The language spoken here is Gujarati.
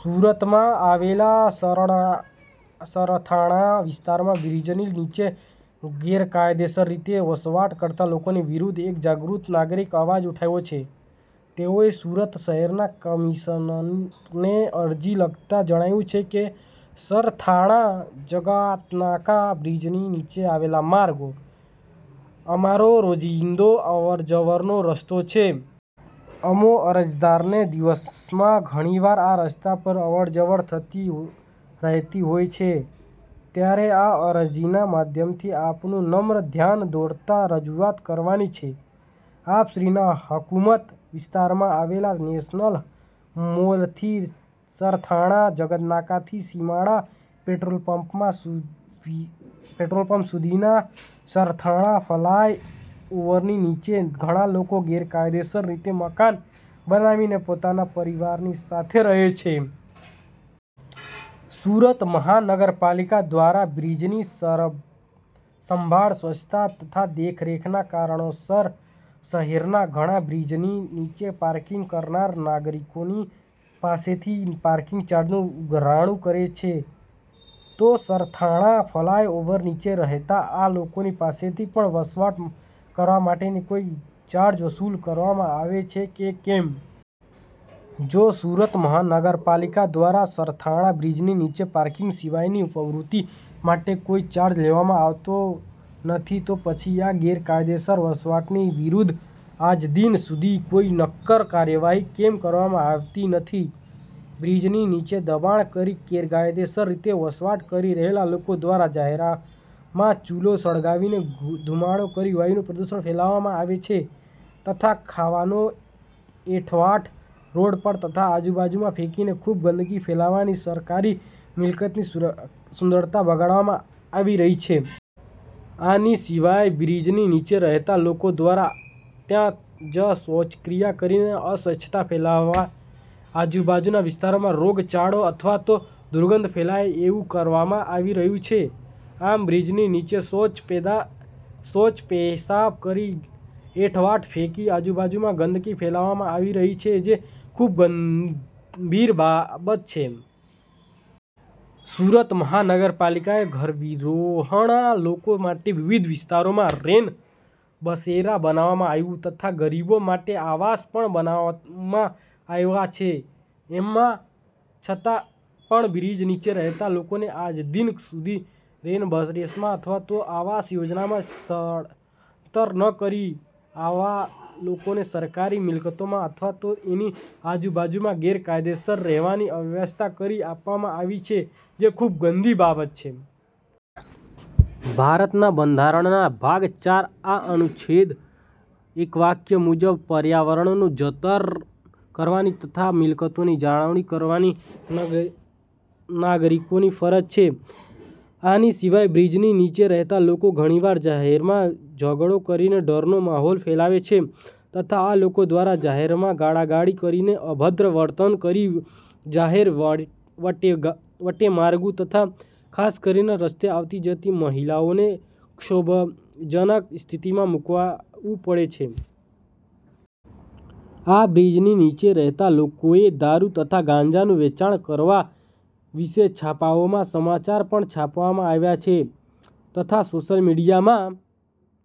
સુરતમાં આવેલા સરણા સરથાણા વિસ્તારમાં બ્રિજની નીચે ગેરકાયદેસર રીતે વસવાટ કરતાં લોકોની વિરુદ્ધ એક જાગૃત નાગરિકે અવાજ ઉઠાવ્યો છે. તેઓએ સુરત શહેરના કમિશનરને અરજી લખતા જણાવ્યું છે કે, સરથાણા જકાતનાકા બ્રીજની નીચે આવેલ માર્ગ અમારો રોજિંદો અવર-જવરનો રસ્તો છે. અમો અરજદારને દિવસમાં ઘણીવાર આ રસ્તા પર અવર-જવર થતી રહેતી હોય છે ત્યારે આ અરજીના માધ્યમથી આપનું નમ્ર ધ્યાન દોરતા રજૂઆત કરવાની છે. આપશ્રીના હકૂમત વિસ્તારમાં આવેલ નેશનલ મોલથી સરથાણા જકાતનાકાથી સીમાડા પેટ્રોલપંપ સુધીના સરથાણા ફલાય ઓવરની નીચે ઘણા લોકો ગેરકાયદેસર રીતે મકાન બનાવીને પોતાના પરિવારની સાથે રહે છે. સુરત મહાનગરપાલિકા દ્વારા બ્રિજની સારસંભાળ, સ્વચ્છતા તથા દેખરેખના કારણોસાર શહેરના ઘણાં બ્રિજની નીચે પાર્કિંગ કરનાર નાગરિકોની પાસેથી પાર્કિંગ ચાર્જનું ઉઘરાણું કરે છે તો સરથાણા ફલાય ઓવર નીચે રહેતા આ લોકોની પાસેથી પણ વસવાટ કરવા માટેનો કોઈ ચાર્જ વસૂલ કરવામાં આવે છે કે કેમ? જો સુરત મહાનગરપાલિકા દ્વારા સરથાણા બ્રિજની નીચે પાર્કિંગ સિવાયની પ્રવૃતિ માટે કોઈ ચાર્જ લેવામા આવતો નથી તો પછી આ ગેરકાયદેસર વસવાટની વિરુદ્ધ આજદિન સુધી કોઈ નક્કર કાર્યવાહી કેમ કરવામાં આવતી નથી? બ્રિજની નીચે દબાણ કરી ગેરકાયદેસર રીતે વસવાટ કરી રહેલ લોકો દ્વારા જાહેરમાં ચુલો સળગાવીને ધુમાડો કરી વાયુનું પ્રદૂષણ ફેલાવવામાં આવે છે તથા ખાવાનો એંઠવાડ રોડ પર તથા આજુબાજુમાં ફેંકીને ખુબ ગંદકી ફેલાવાની સરકારી મિલકતની સુંદરતા બગાડવામાં આવી રહી છે. આની સિવાય બ્રિજની નીચે રહેતા લોકો દ્વારા ત્યાં જ શૌચક્રિયા કરીને અસ્વચ્છતા ફેલાવી આજુબાજુના વિસ્તારમાં રોગચાળો અથવા તો દુર્ગંધ ફેલાય એવું કરવામાં આવી રહ્યું છે. આમ, બ્રિજની નીચે શૌચ-પેશાબ કરી, એંઠવાડ ફેંકી આજુબાજુમાં ગંદકી ફેલાવવામાં આવી રહી છે જે ખુબ ગંભીર બાબત છે. સુરત મહાનગરપાલિકાએ ઘરવિહોણા લોકો માટે વિવિધ વિસ્તારમાં રેન બસેરા બનાવવામાં આવ્યુ તથા ગરીબો માટે આવાસ પણ બનાવવામાં આવ્યા છે. એમ છતાં પણ બ્રિજ નીચે રહેતા લોકોને આજદિન સુધી રેનબસેરામાં અથવા તો આવાસ યોજનામાં સ્થળાંતર ન કરી, આવા લોકોને સરકારી મિકલતોમાં અથવા તો એની આજુબાજુમાં ગેરકાયદેસર રહેવાની વ્યવસ્થા કરી આપવામાં આવી છે જે ખુબ ગંભીર બાબત છે. ભારતના બંધારણના ભાગ ચાર ના અનુચ્છેદ એક્યાવન મુજબ પર્યાવરણનું જતન કરવાની તથા મિલકતોની જાળવણી કરવાની નાગરિકોની ફરજ છે. આની સિવાય બ્રિજની નીચે રહેતાં લોકો ઘણીવાર જાહેરમાં ઝઘડો કરીને ડરનો માહોલ ફેલાવે છે તથા આ લોકો દ્વારા જાહેરમાં ગાળાગાળી કરીને અભદ્ર વર્તન કરી જાહેર વટેમાર્ગુ તથા ખાસ કરીને રસ્તે આવતી-જતી મહિલાઓને ક્ષોભજનક સ્થિતિમાં મુકાવું પડે છે. આ બ્રિજની નીચે રહેતા લોકોએ દારૂ તથા ગાંજાનું વેચાણ કરવા વિશે છાપાઓમાં સમાચાર પણ છાપવામાં આવ્યાં છે તથા સોશિયલ મીડીયામાં